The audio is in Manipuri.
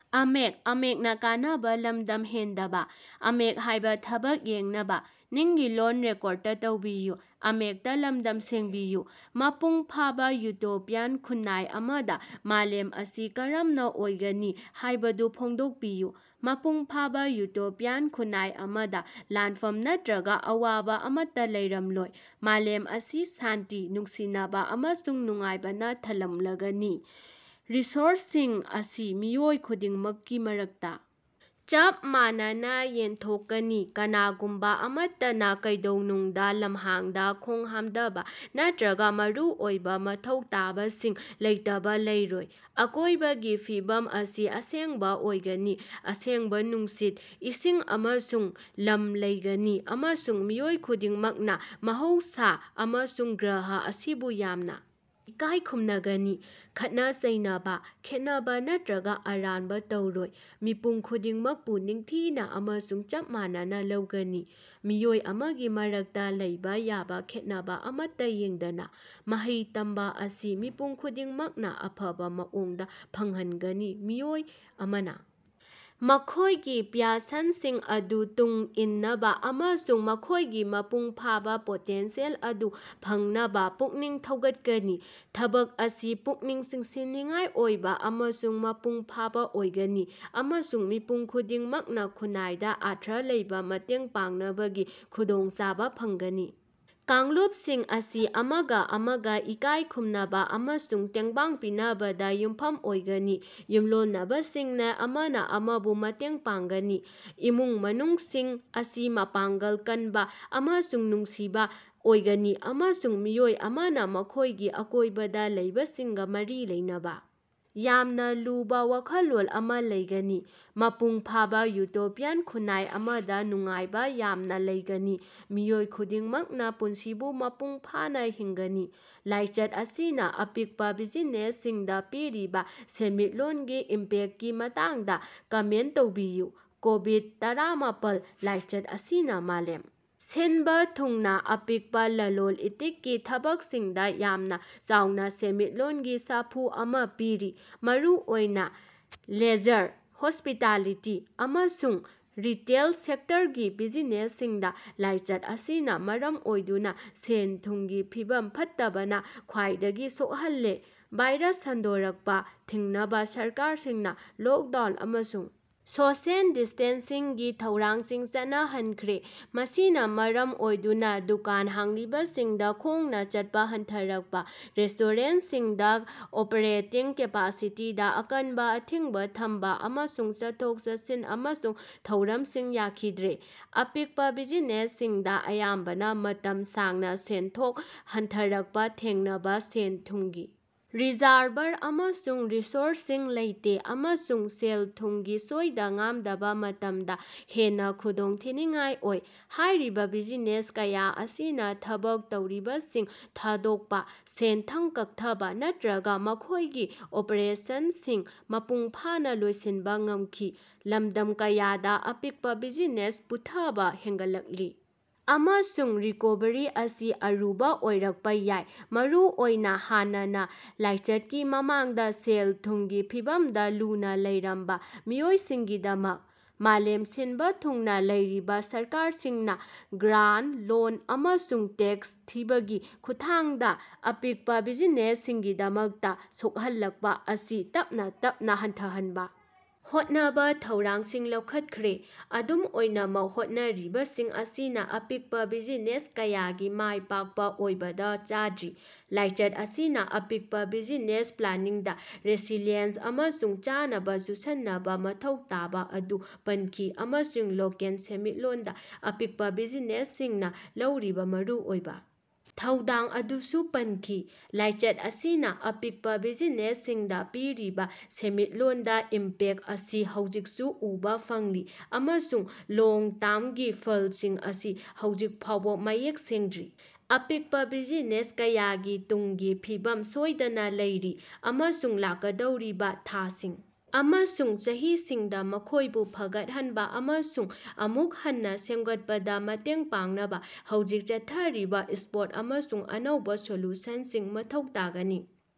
ꯃꯄꯨꯡ ꯐꯥꯕꯥ ꯏꯎꯇꯣꯄꯤꯌꯥꯟ ꯈꯨꯟꯅꯥꯏ ꯑꯃꯗ ꯃꯥꯂꯦꯝ ꯑꯁꯤ ꯀꯔꯝꯅ ꯑꯣꯏꯒꯅꯤ ꯍꯥꯏꯕꯗꯨ ꯐꯣꯡꯗꯣꯛꯄꯤꯌꯨ꯫ ꯃꯄꯨꯡ ꯐꯥꯕ ꯏꯎꯇꯣꯄꯤꯌꯥꯟ ꯈꯨꯟꯅꯥꯏ ꯑꯃꯗ ꯂꯥꯟꯐꯝ ꯅꯠꯇ꯭ꯔꯒ ꯑꯋꯥꯕ ꯑꯃꯠꯇ ꯂꯩꯔꯝꯂꯣꯏ꯫ ꯃꯥꯂꯦꯝ ꯑꯁꯤ ꯁꯥꯟꯇꯤ, ꯅꯨꯡꯁꯤꯅꯕꯥ ꯑꯃꯁꯨꯡ ꯅꯨꯡꯉꯥꯏꯕꯅ ꯊꯜꯂꯝꯂꯒꯅꯤ꯫ ꯔꯤꯁꯣꯔꯁꯁꯤꯡ ꯑꯁꯤ ꯃꯤꯑꯣꯏ ꯈꯨꯗꯤꯡꯃꯛꯀꯤ ꯃꯔꯛꯇꯥ ꯆꯞ ꯃꯥꯟꯅꯅ ꯌꯦꯟꯊꯣꯛꯀꯅꯤ ꯀꯅꯥꯒꯨꯝꯕ ꯑꯃꯠꯇꯅ ꯀꯩꯗꯧꯅꯨꯡꯗ ꯂꯝꯍꯥꯡꯗ ꯈꯣꯡꯍꯥꯝꯗꯕ ꯅꯠꯇ꯭ꯔꯒ ꯃꯔꯨꯑꯣꯏꯕ ꯃꯊꯧ ꯇꯥꯕꯁꯤꯡ ꯂꯩꯇꯕ ꯂꯩꯔꯣꯏ꯫ ꯑꯀꯣꯏꯕꯒꯤ ꯐꯤꯕꯝ ꯑꯁꯤ ꯑꯁꯦꯡꯕ ꯑꯣꯏꯒꯅꯤ ꯑꯁꯦꯡꯕ ꯅꯨꯡꯁꯤꯠ, ꯏꯁꯤꯡ ꯑꯃꯁꯨꯡ ꯂꯝ ꯂꯩꯒꯅꯤ ꯑꯃꯁꯨꯡ ꯃꯤꯑꯣꯏ ꯈꯨꯗꯤꯡꯃꯛꯅ ꯃꯍꯧꯁꯥ ꯑꯃꯁꯨꯡ ꯒ꯭ꯔꯍ ꯑꯁꯤꯕꯨ ꯌꯥꯝꯅ ꯏꯀꯥꯏ ꯈꯨꯝꯅꯒꯅꯤ꯫ ꯈꯠꯅ ꯆꯩꯅꯕ, ꯈꯦꯟꯅꯕꯥ ꯅꯠꯇ꯭ꯔꯒ ꯑꯔꯥꯟꯕ ꯇꯧꯔꯣꯏ꯫ ꯃꯤꯄꯨꯝ ꯈꯨꯗꯤꯡꯃꯛꯄꯨ ꯅꯤꯡꯊꯤꯅ ꯑꯃꯁꯨꯡ ꯆꯞ ꯃꯥꯟꯅꯅ ꯂꯧꯒꯅꯤ ꯃꯤꯑꯣꯏ ꯑꯃꯒꯤ ꯃꯔꯛꯇ ꯂꯩꯕꯥ ꯌꯥꯕ ꯈꯦꯠꯅꯕ ꯑꯃꯠꯇ ꯌꯦꯡꯗꯅ꯫ ꯃꯍꯩ ꯇꯝꯕ ꯑꯁꯤ ꯃꯤꯄꯨꯝ ꯈꯨꯗꯤꯡꯃꯛꯅ ꯑꯐꯕ ꯃꯑꯣꯡꯗ ꯐꯪꯍꯟꯒꯅꯤ ꯃꯤꯑꯣꯏ ꯑꯃꯅ ꯃꯈꯣꯢꯒꯤ ꯄ꯭ꯌꯥꯁꯟꯁꯤꯡ ꯑꯗꯨ ꯇꯨꯡ ꯏꯟꯅꯕ ꯑꯃꯁꯨꯡ ꯃꯈꯣꯢꯒꯤ ꯃꯄꯨꯡ ꯐꯥꯕ ꯄꯣꯇꯦꯟꯁꯤꯌꯦꯜ ꯑꯗꯨ ꯐꯪꯅꯕ ꯄꯨꯛꯅꯤꯡ ꯊꯧꯒꯠꯀꯅꯤ꯫ ꯊꯕꯛ ꯑꯁꯤ ꯄꯨꯛꯅꯤꯡ ꯆꯤꯡꯁꯤꯟꯅꯤꯡꯉꯥꯏ ꯑꯣꯏꯕ ꯑꯃꯁꯨꯡ ꯃꯄꯨꯡ ꯐꯥꯕ ꯑꯣꯏꯒꯅꯤ ꯑꯃꯁꯨꯡ ꯃꯤꯄꯨꯝ ꯈꯨꯗꯤꯡꯃꯛꯅ ꯈꯨꯟꯅꯥꯏꯗ ꯑꯔꯊ ꯂꯩꯕꯥ ꯃꯇꯦꯡ ꯄꯥꯡꯅꯕꯒꯤ ꯈꯨꯗꯣꯡꯆꯥꯕ ꯐꯪꯒꯅꯤ꯫ ꯀꯥꯡꯂꯨꯞꯁꯤꯡ ꯑꯁꯤ ꯑꯃꯒ ꯑꯃꯒ ꯏꯀꯥꯏ ꯈꯨꯝꯅꯕ ꯑꯃꯁꯨꯡ ꯇꯦꯡꯕꯥꯡ ꯄꯤꯅꯕꯗ ꯌꯨꯝꯐꯝ ꯑꯣꯏꯒꯅꯤ ꯌꯨꯝꯂꯣꯟꯅꯕꯁꯤꯡꯅ ꯑꯃꯅ ꯑꯃꯕꯨ ꯃꯇꯦꯡ ꯄꯥꯡꯒꯅꯤ ꯫ ꯏꯃꯨꯡ ꯃꯅꯨꯡꯁꯤꯡ ꯑꯁꯤ ꯃꯄꯥꯡꯒꯜ ꯀꯟꯕ ꯑꯃꯁꯨꯡ ꯅꯨꯡꯁꯤꯕ ꯑꯣꯏꯒꯅꯤ ꯑꯃꯁꯨꯡ ꯃꯤꯑꯣꯏ ꯑꯃꯅ ꯃꯈꯣꯢꯒꯤ ꯑꯀꯣꯢꯕꯗ ꯂꯩꯕꯁꯤꯡꯒ ꯃꯔꯤ ꯂꯩꯅꯕ ꯌꯥꯝꯅ ꯂꯨꯕ ꯋꯥꯈꯜꯂꯣꯟ ꯑꯃ ꯂꯩꯒꯅꯤ꯫ ꯃꯄꯨꯡ ꯐꯥꯕ ꯏꯎꯇꯣꯄꯤꯌꯥꯟ ꯈꯨꯟꯅꯥꯏ ꯑꯃꯗ ꯅꯨꯡꯉꯥꯏꯕ ꯌꯥꯝꯅꯥ ꯂꯩꯒꯅꯤ ꯃꯤꯑꯣꯏ ꯈꯨꯗꯤꯡꯃꯛꯅ ꯄꯨꯟꯁꯤꯕꯨ ꯃꯄꯨꯡ ꯐꯥꯅ ꯍꯤꯡꯒꯅꯤ꯫ ꯂꯥꯏꯆꯠ ꯑꯁꯤꯅ ꯑꯄꯤꯛꯄ ꯕꯤꯖꯤꯅꯦꯁꯁꯤꯡꯗ ꯄꯤꯔꯤꯕ ꯁꯦꯟꯃꯤꯠꯂꯣꯟꯒꯤ ꯏꯝꯄꯦꯛꯇꯀꯤ ꯃꯇꯥꯡꯗ ꯀꯃꯦꯟꯇ ꯇꯧꯕꯤꯌꯨ꯫ ꯀꯣꯕꯤꯗ-ꯇꯔꯥꯃꯥꯄꯜ ꯂꯥꯏꯆꯠ ꯑꯁꯤꯅ ꯃꯥꯂꯦꯝ ꯁꯤꯟꯕ ꯊꯨꯡꯅ ꯑꯄꯤꯛꯄ ꯂꯂꯣꯟ-ꯏꯇꯤꯛꯀꯤ ꯊꯕꯛꯁꯤꯡꯗ ꯌꯥꯝꯅ ꯆꯥꯎꯅ ꯁꯦꯟꯃꯤꯠꯂꯣꯟꯒꯤ ꯁꯥꯐꯨ ꯑꯃ ꯄꯤꯔꯤ꯫ ꯃꯔꯨꯑꯣꯏꯅ ꯂꯦꯖꯔ, ꯍꯣꯁ꯭ꯄꯤꯇꯥꯂꯤꯇꯤ ꯑꯃꯁꯨꯡ ꯔꯤꯇꯦꯜ ꯁꯦꯛꯇꯔꯒꯤ ꯕꯤꯖꯤꯅꯦꯁꯁꯤꯡꯗ ꯂꯥꯏꯆꯠ ꯑꯁꯤꯅ ꯃꯔꯝ ꯑꯣꯏꯗꯨꯅ ꯁꯦꯟ-ꯊꯨꯝꯒꯤ ꯐꯤꯕꯝ ꯐꯠꯇꯕꯅ ꯈ꯭ꯋꯥꯏꯗꯒꯤ ꯁꯣꯛꯍꯜꯂꯦ꯫ ꯚꯥꯏꯔꯁ ꯁꯟꯗꯣꯔꯛꯄ ꯊꯤꯡꯅꯕ ꯁꯔꯀꯥꯔꯁꯤꯡꯅ ꯂꯣꯛꯗꯥꯎꯟ ꯑꯃꯁꯨꯡ ꯁꯣꯁꯤꯑꯦꯜ ꯗꯤꯁꯇꯦꯟꯁꯤꯡꯒꯤ ꯊꯧꯔꯥꯡꯁꯤꯡ ꯆꯠꯅꯍꯟꯈ꯭ꯔꯦ ꯃꯁꯤꯅ ꯃꯔꯝ ꯑꯣꯏꯗꯨꯅ ꯗꯨꯀꯥꯟ ꯍꯥꯡꯂꯤꯕꯁꯤꯡꯗ ꯈꯣꯡꯅ ꯆꯠꯄ ꯍꯟꯊꯔꯛꯄ ꯔꯦꯁꯇꯣꯔꯦꯟꯇꯁꯤꯡꯗ ꯑꯣꯄꯔꯦꯇꯤꯡ ꯀꯦꯄꯥꯁꯤꯇꯤꯗꯥ ꯑꯀꯟꯕ ꯑꯊꯤꯡꯕ ꯊꯝꯕ ꯑꯃꯁꯨꯡ ꯆꯠꯊꯣꯛ-ꯆꯠꯁꯤꯟ ꯑꯃꯁꯨꯡ ꯊꯧꯔꯝꯁꯤꯡ ꯌꯥꯈꯤꯗ꯭ꯔꯦ ꯫ ꯑꯄꯤꯛꯄ ꯕꯤꯖꯤꯅꯦꯁꯁꯤꯡꯗ ꯑꯌꯥꯝꯕꯅ ꯃꯇꯝ ꯁꯥꯡꯅ ꯁꯦꯟꯊꯣꯛ ꯍꯟꯊꯔꯛꯄ ꯊꯦꯡꯅꯕ ꯁꯦꯜ-ꯊꯨꯝꯒꯤ ꯔꯤꯖꯔꯚꯔ ꯑꯃꯁꯨꯡ ꯔꯤꯁꯣꯔꯁꯁꯤꯡ ꯂꯩꯇꯦ ꯑꯃꯁꯨꯡ ꯁꯦꯜ-ꯊꯨꯝꯒꯤ ꯁꯣꯏꯗ-ꯉꯥꯝꯗꯕ ꯃꯇꯝꯗ ꯍꯦꯟꯅ ꯈꯨꯗꯣꯡꯊꯤꯅꯤꯡꯉꯥꯏ ꯑꯣꯏ꯫ ꯍꯥꯢꯔꯤꯕꯥ ꯕꯤꯖꯤꯅꯦꯁ ꯀꯌꯥ ꯑꯁꯤꯅ ꯊꯕꯛ ꯇꯧꯔꯤꯕꯁꯤꯡ ꯊꯥꯗꯣꯛꯄ, ꯁꯦꯟꯊꯪ ꯀꯛꯊꯕ ꯅꯠꯇ꯭ꯔꯒꯥ ꯃꯈꯣꯢꯒꯤ ꯑꯣꯄꯔꯦꯁꯟꯁꯤꯡ ꯃꯄꯨꯡ ꯐꯥꯅ ꯂꯣꯏꯁꯤꯟꯕ ꯉꯝꯈꯤ꯫ ꯂꯝꯗꯝ ꯀꯌꯥꯗ ꯑꯄꯤꯛꯄ ꯕꯤꯖꯤꯅꯦꯁ ꯄꯨꯊꯕ ꯍꯦꯟꯒꯠꯂꯛꯂꯤ ꯑꯃꯁꯨꯡ ꯔꯤꯀꯣꯚꯔꯤ ꯑꯁꯤ ꯑꯔꯨꯕꯥ ꯑꯣꯏꯔꯛꯄ ꯌꯥꯏ ꯃꯔꯨꯑꯣꯏꯅ ꯍꯥꯟꯅꯅꯥ ꯂꯥꯏꯆꯠꯀꯤ ꯃꯃꯥꯡꯗ ꯁꯦꯜ-ꯊꯨꯝꯒꯤ ꯐꯤꯚꯝꯗ ꯂꯨꯅ ꯂꯩꯔꯝꯕ ꯃꯤꯑꯣꯏꯁꯤꯡꯒꯤꯗꯃꯛ꯫ ꯃꯥꯂꯦꯝ ꯁꯤꯟꯕ ꯊꯨꯡꯅ ꯂꯩꯔꯤꯕ ꯁꯔꯀꯥꯔꯁꯤꯡꯅ ꯒ꯭ꯔꯥꯟꯇ, ꯂꯣꯟ ꯑꯃꯁꯨꯡ ꯇꯦꯛꯁ ꯊꯤꯕꯒꯤ ꯈꯨꯠꯊꯥꯡꯗ ꯑꯄꯤꯛꯄ ꯕꯤꯖꯤꯅꯦꯁꯁꯤꯡꯒꯤꯗꯃꯛꯇ ꯁꯣꯛꯍꯜꯂꯛꯄ ꯑꯁꯤ ꯇꯞꯅ ꯇꯞꯅ ꯍꯟꯊꯍꯟꯕ ꯍꯣꯠꯅꯕ ꯊꯧꯔꯥꯡꯁꯤꯡ ꯂꯧꯈꯠꯈ꯭ꯔꯦ꯫ ꯑꯗꯨꯝ ꯑꯣꯏꯅꯃꯛ ꯍꯣꯠꯅꯔꯤꯕꯁꯤꯡ ꯑꯁꯤꯅ ꯑꯄꯤꯛꯄ ꯕꯤꯖꯤꯅꯦꯁ ꯀꯌꯥꯒꯤ ꯃꯥꯏꯄꯥꯛꯄ ꯑꯣꯏꯕꯗ ꯆꯥꯗ꯭ꯔꯤ꯫ ꯂꯥꯏꯆꯠ ꯑꯁꯤꯅ ꯑꯄꯤꯛꯄ ꯕꯤꯖꯤꯅꯦꯁ ꯄ꯭ꯂꯥꯅꯤꯡꯗ ꯔꯦꯁꯤꯂꯤꯌꯦꯟꯁ ꯑꯃꯁꯨꯡ ꯆꯥꯅꯕ ꯆꯨꯁꯟꯅꯕ ꯃꯊꯧ ꯇꯥꯕ ꯑꯗꯨ ꯄꯟꯈꯤ ꯑꯃꯁꯨꯡ ꯂꯣꯀꯦꯜ ꯁꯦꯟꯃꯤꯠꯂꯣꯟꯗ ꯑꯄꯤꯛꯄ ꯕꯤꯖꯤꯅꯦꯁꯁꯤꯡꯅ ꯂꯧꯔꯤꯕ ꯃꯔꯨꯑꯣꯏꯕꯥ ꯊꯧꯗꯥꯡ ꯑꯗꯨꯁꯨ ꯄꯟꯈꯤ꯫ ꯂꯥꯏꯆꯠ ꯑꯁꯤꯅ ꯑꯄꯤꯛꯄ ꯕꯤꯖꯤꯅꯦꯁꯁꯤꯡꯗ ꯄꯤꯔꯤꯕ ꯁꯦꯟꯃꯤꯠꯂꯣꯟꯗ ꯏꯝꯄꯦꯛꯇ ꯑꯁꯤ ꯍꯧꯖꯤꯛꯁꯨ ꯎꯕꯥ ꯐꯪꯂꯤ ꯑꯃꯁꯨꯡ ꯂꯣꯡ ꯇ꯭ꯔꯥꯝꯒꯤ ꯐꯜꯁꯤꯡ ꯑꯁꯤ ꯍꯧꯖꯤꯛ ꯐꯥꯎꯕ ꯃꯌꯦꯛ ꯁꯦꯡꯗ꯭ꯔꯤ꯫ ꯑꯄꯤꯛꯄ ꯕꯤꯖꯤꯅꯦꯁ ꯀꯌꯥꯒꯤ ꯇꯨꯡꯒꯤ ꯐꯤꯕꯝ ꯁꯣꯏꯗꯅꯥ ꯂꯩꯔꯤ ꯑꯃꯁꯨꯡ ꯂꯥꯛꯀꯗꯧꯔꯤꯕꯥ ꯊꯥꯁꯤꯡ ꯑꯃꯁꯨꯡ ꯆꯍꯤꯁꯤꯡꯗꯥ ꯃꯈꯣꯢꯕꯨ ꯐꯒꯠꯍꯟꯕ ꯑꯃꯁꯨꯡ ꯑꯃꯨꯛ ꯍꯟꯅ ꯁꯦꯝꯒꯠꯄꯗ ꯃꯇꯦꯡ ꯄꯥꯡꯅꯕ ꯍꯧꯖꯤꯛ ꯆꯠꯊꯔꯤꯕ ꯁꯄꯣꯔꯠ ꯑꯃꯁꯨꯡ ꯑꯅꯧꯕꯥ ꯁꯣꯂꯨꯁꯟꯁꯤꯡ ꯃꯊꯧ ꯇꯥꯒꯅꯤ꯫